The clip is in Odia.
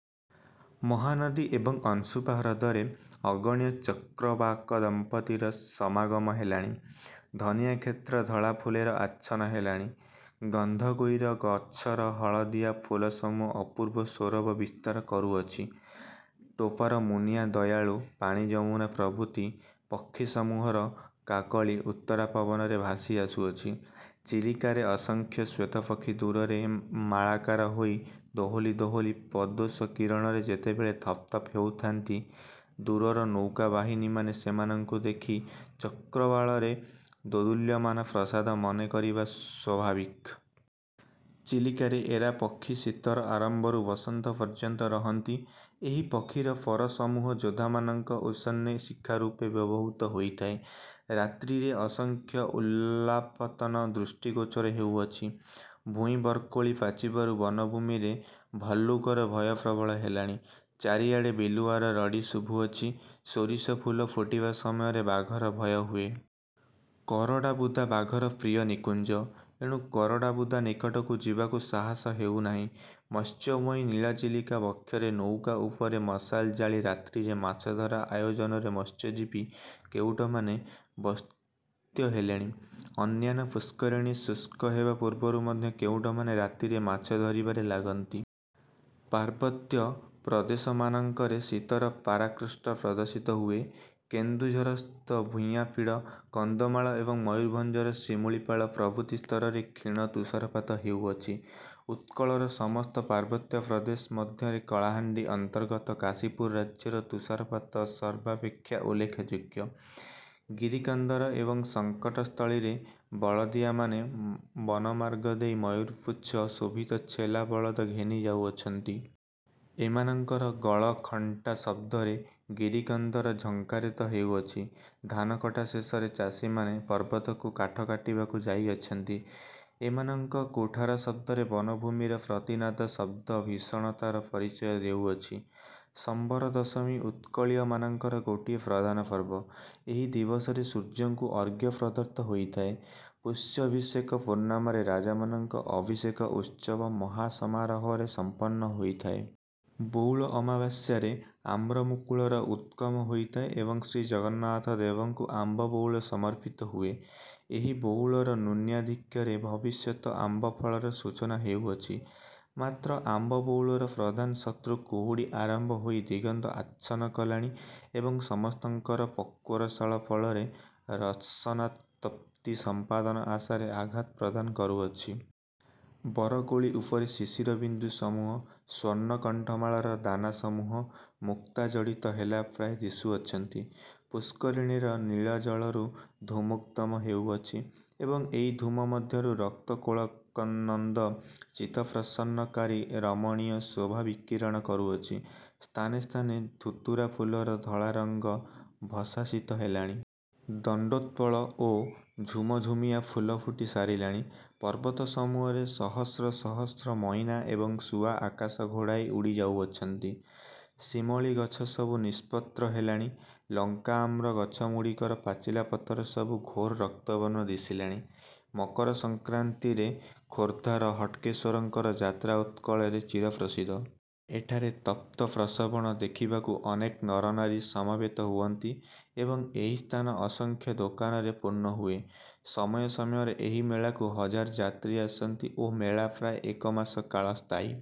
ମହାନଦୀ ଏବଂ ଅଂଶୁପା ହ୍ରଦରେ ଅଗଣ୍ୟ ଚକ୍ରବାକଦମ୍ପତୀର ସମାଗମ ହେଲାଣି। ଧନିଆକ୍ଷେତ୍ର ଧଳା ଫୁଲରେ ଆଚ୍ଛନ୍ନ ହେଲାଣି। ଗନ୍ଧଗୋହିର ଗଛର ହଳଦିଆ ଫୁଲସମୂହ ଅପୂର୍ବ ସୌରଭ ବିସ୍ତାର କରୁଅଛି। ଟୋପର, ମୁନିଆ, ଦୟାଳୁ, ପାଣିଯମୁନା ପ୍ରଭୃତ୍ତି ପକ୍ଷିସମୂହର କାକଳୀ ଉତ୍ତରା ପବନରେ ଭାସି ଆସୁଅଛି। ଚିଲିକାରେ ଅସଂଖ୍ୟ ଶ୍ୱେତପକ୍ଷୀ ଦୂରରେ ମାଳାକାର ହୋଇ ଦୋହଲି ଦୋହଲି ପ୍ରଦୋଷ କିରଣରେ ଯେତେବେଳେ ଧପ୍ ଧପ୍ ହେଉଥାନ୍ତି, ଦୂରର ନୌକାବାହିମାନେ ସେମାନଙ୍କୁ ଦେଖି ଚକ୍ରବାଳରେ ଦୋଦୁଲ୍ୟମାନ ପ୍ରାସାଦ ମନେ କରିବା ସ୍ୱାଭାବିକ। ଚିଲିକାରେ ଏରା ପକ୍ଷୀ ଶୀତର ଆରମ୍ଭରୁ ବସନ୍ତ ପର୍ଯ୍ୟନ୍ତ ରହନ୍ତି। ଏହି ପକ୍ଷିର ପରସମୂହ ଯୋଦ୍ଧାମାନଙ୍କ ଉଷ୍ଣୀଷ-ଶିଖାରୂପେ ବ୍ୟବହୃତ ହୋଇଥାଏ। ରାତ୍ରିରେ ଅସଂଖ୍ୟ ଉଲ୍କାପତନ ଦୃଷ୍ଟିଗୋଚର ହେଉଅଛି। ଭୂଇଁ-ବରକୋଳି ପାଚିବାରୁ ବନଭୂମିରେ ଭଲ୍ଲୁକର ଭୟ ପ୍ରବଳ ହେଲାଣି। ଚାରିଆଡ଼େ ବିଲୁଆର ରଡ଼ି ଶୁଭୁଅଛି। ସୋରିଷ ଫୁଲ ଫୁଟିବା ସମୟରେ ବାଘର ଭୟ ହୁଏ। କରଡ଼ାବୁଦା ବାଘର ପ୍ରିୟ ନିକୁଞ୍ଜ -ଏଣୁ କରଡ଼ା ବୁଦା ନିକଟକୁ ଯିବାକୁ ସାହାସ ହେଉ ନାହିଁ। ମତ୍ସ୍ୟମୟୀ ନୀଳ ଚିଲିକା ବକ୍ଷରେ ନୌକା ଉପରେ ମଶାଲ ଜାଳି ରାତ୍ରିରେ ମାଛ ଧରା ଆୟୋଜନରେ ମତ୍ସ୍ୟଜୀବୀ କେଉଟମାନେ ବ୍ୟସ୍ତ ହେଲେଣି। ଅନ୍ୟାନ୍ୟ ପୁଷ୍କରିଣୀ ଶୁଷ୍କ ହେବା ପୂର୍ବରୁ ମଧ୍ୟ କେଉଟମାନେ ରାତିରେ ମାଛ ଧରିବାରେ ଲାଗନ୍ତି। ପାର୍ବତ୍ୟ ପ୍ରଦେଶମାନଙ୍କରେ ଶୀତର ପରାକାଷ୍ଠା ପ୍ରଦର୍ଶିତ ହୁଏ। କେନ୍ଦୁଝରସ୍ଥ ଭୁୟାଁପୀଢ଼, କନ୍ଦମାଳ ଏବଂ ମୟୂରଭଞ୍ଜର ଶିମୁଳୀପାଳ ପ୍ରଭୃତି ସ୍ଥଳରେ କ୍ଷୀଣ ତୁଷାରପାତ ହେଉଅଛି। ଉତ୍କଳର ସମସ୍ତ ପାର୍ବତ୍ୟ ପ୍ରଦେଶ ମଧ୍ୟରେ କଳାହାଣ୍ତି ଅନ୍ତର୍ଗତ କାଶୀପୁର ରାଜ୍ୟର ତୁଷାରପାତ ସର୍ବାପେକ୍ଷା ଉଲ୍ଲେଖଯୋଗ୍ୟ। ଗିରିକନ୍ଦର ଏବଂ ସଙ୍କଟସ୍ଥଳୀରେ ବଳଦିଆମାନେ ବନମାର୍ଗ ଦେଇ ମୟୂରପୁଚ୍ଛ ଶୋଭିତ ଛେଲା ବଳଦ ଘେନି ଯାଉଅଛନ୍ତି। ଏମାନଙ୍କର ଗଳ-ଘଣ୍ଟା ଶବ୍ଦରେ ଗିରିକନ୍ଦର ଝଙ୍କାରିତ ହେଉଅଛି। ଧାନକଟା ଶେଷରେ ଚାଷିମାନେ ପର୍ବତକୁ କାଠ କାଟିବାକୁ ଯାଇଅଛନ୍ତି। ଏମାନଙ୍କ କୁଠାର ଶବ୍ଦରେ ବନଭୂମିର ପ୍ରତିନାଦ ଶବ୍ଦ-ଭୀଷଣତାର ପରିଚୟ ଦେଉଅଛି। ଶମ୍ବରଦଶମୀ ଉତ୍କଳୀୟମାନଙ୍କର ଗୋଟିଏ ପ୍ରଧାନ ପର୍ବ। ଏହି ଦିବସରେ ସୂର୍ଯ୍ୟଙ୍କୁ ଅର୍ଘ୍ୟ ପ୍ରଦତ୍ତ ହୋଇଥାଏ। ପୃଷ୍ୟାଭିଷେକ ପୂର୍ଣ୍ଣମାରେ ରାଜାମାନଙ୍କ ଅଭିଷେକ-ଉତ୍ସବ ମହାସମାରୋହରେ ସମ୍ପନ୍ନ ହୋଇଥାଏ। ବଉଳ ଅମାବାସ୍ୟାରେ ଆମ୍ରମୁକୁଳର ଉଦ୍ଗମ ହୋଇଥାଏ ଏବଂ ଶ୍ରୀ ଜଗନ୍ନାଥ ଦେବଙ୍କୁ ଆମ୍ବ ବଉଳ ସମର୍ପିତ ହୁଏ। ଏହି ବଉଳର ନ୍ୟୁନାଧିକ୍ୟରେ ଭବିଷ୍ୟତ୍ ଆମ୍ବଫଳର ସୂଚନା ହେଉଅଛି। ମାତ୍ର ବଉଳର ପ୍ରଧାନ ଶତ୍ରୁ କୁହୁଡ଼ି ଆରମ୍ଭ ହୋଇ ଦିଗନ୍ତ ଆଚ୍ଛନ୍ନ କଲାଣି ଏବଂ ସମସ୍ତଙ୍କର ପକ୍ୱରସାଳ ଫଳରେ ରସନାତପ୍ତି ସମ୍ପାଦନ ଆଶାରେ ଆଘାତ ପ୍ରଦାନ କରୁଅଛି। ବରକୋଳି ଉପରେ ଶିଶିରବିନ୍ଦୁ ସମୂହ, ସ୍ୱର୍ଣ୍ଣ କଣ୍ଠମାଳାର ଦାନା ସମୂହ ମୁକ୍ତାଜଡ଼ିତ ହେଲା ପ୍ରାୟ ଦିଶୁଅଛନ୍ତି। ପୁଷ୍କରିଣୀର ନୀଳ ଜଳରୁ ଧୂମୋଦ୍ଗମ ହେଉଅଛି ଏବଂ ଏହି ଧୂମ ମଧ୍ୟରୁ ରକ୍ତ କୋଳନଦ ଚିତ୍ତପ୍ରସନ୍ନକାରୀ ରମଣୀୟ ଶୋଭା ବିକୀରଣ କରୁଅଛି। ସ୍ଥାନେ ସ୍ଥାନେ ଧତୁରାଫୁଲର ଧଳାରଙ୍ଗ ଭଦ୍ଭାସିତ ହେଲାଣି। ଦଣ୍ତୋତ୍ପଳ ଓ ଝୁମଝୁମିଆ ଫୁଲ ଫୁଟି ସାରିଲାଣି। ପର୍ବତସମୂହରେ ସହସ୍ର ସହସ୍ର ମଇନା ଏବଂ ଶୁଆ ଆକାଶ ଘୋଡ଼ାଇ ଉଡ଼ି ଯାଉଅଛନ୍ତି। ଶିମଳୀ ଗଛ ସବୁ ନିଷ୍ପତ୍ର ହେଲାଣି, ଲଙ୍କାଆମ୍ର ଗଛଗୁଡ଼ିକର ପାଚିଲା ପତର ସବୁ ଘୋର ରକ୍ତବର୍ଣ୍ଣ ଦିଶିଲାଣି। ମକରସଂକ୍ରାନ୍ତିରେ ଖୋରଧାର ହଟକେଶ୍ୱରଙ୍କ ଯାତ୍ରା ଉତ୍କଳରେ ଚିରପ୍ରସିଦ୍ଧ। ଏଠାରେ ତପ୍ତପ୍ରସ୍ରବଣ ଦେଖିବାକୁ ଅନେକ ନରନାରୀ ସମବେତ ହୁଅନ୍ତି ଏବଂ ଏହି ସ୍ଥାନ ଅସଂଖ୍ୟ ଦୋକାନରେ ପୂର୍ଣ୍ଣ ହୁଏ। ସମୟ ସମୟରେ ଏହି ମେଳାକୁ। ହଜାର ଯାତ୍ରୀ ଆସନ୍ତି ଏବଂ ମେଳା ପ୍ରାୟ ଏକ ମାସ କାଳ ସ୍ଥାୟୀ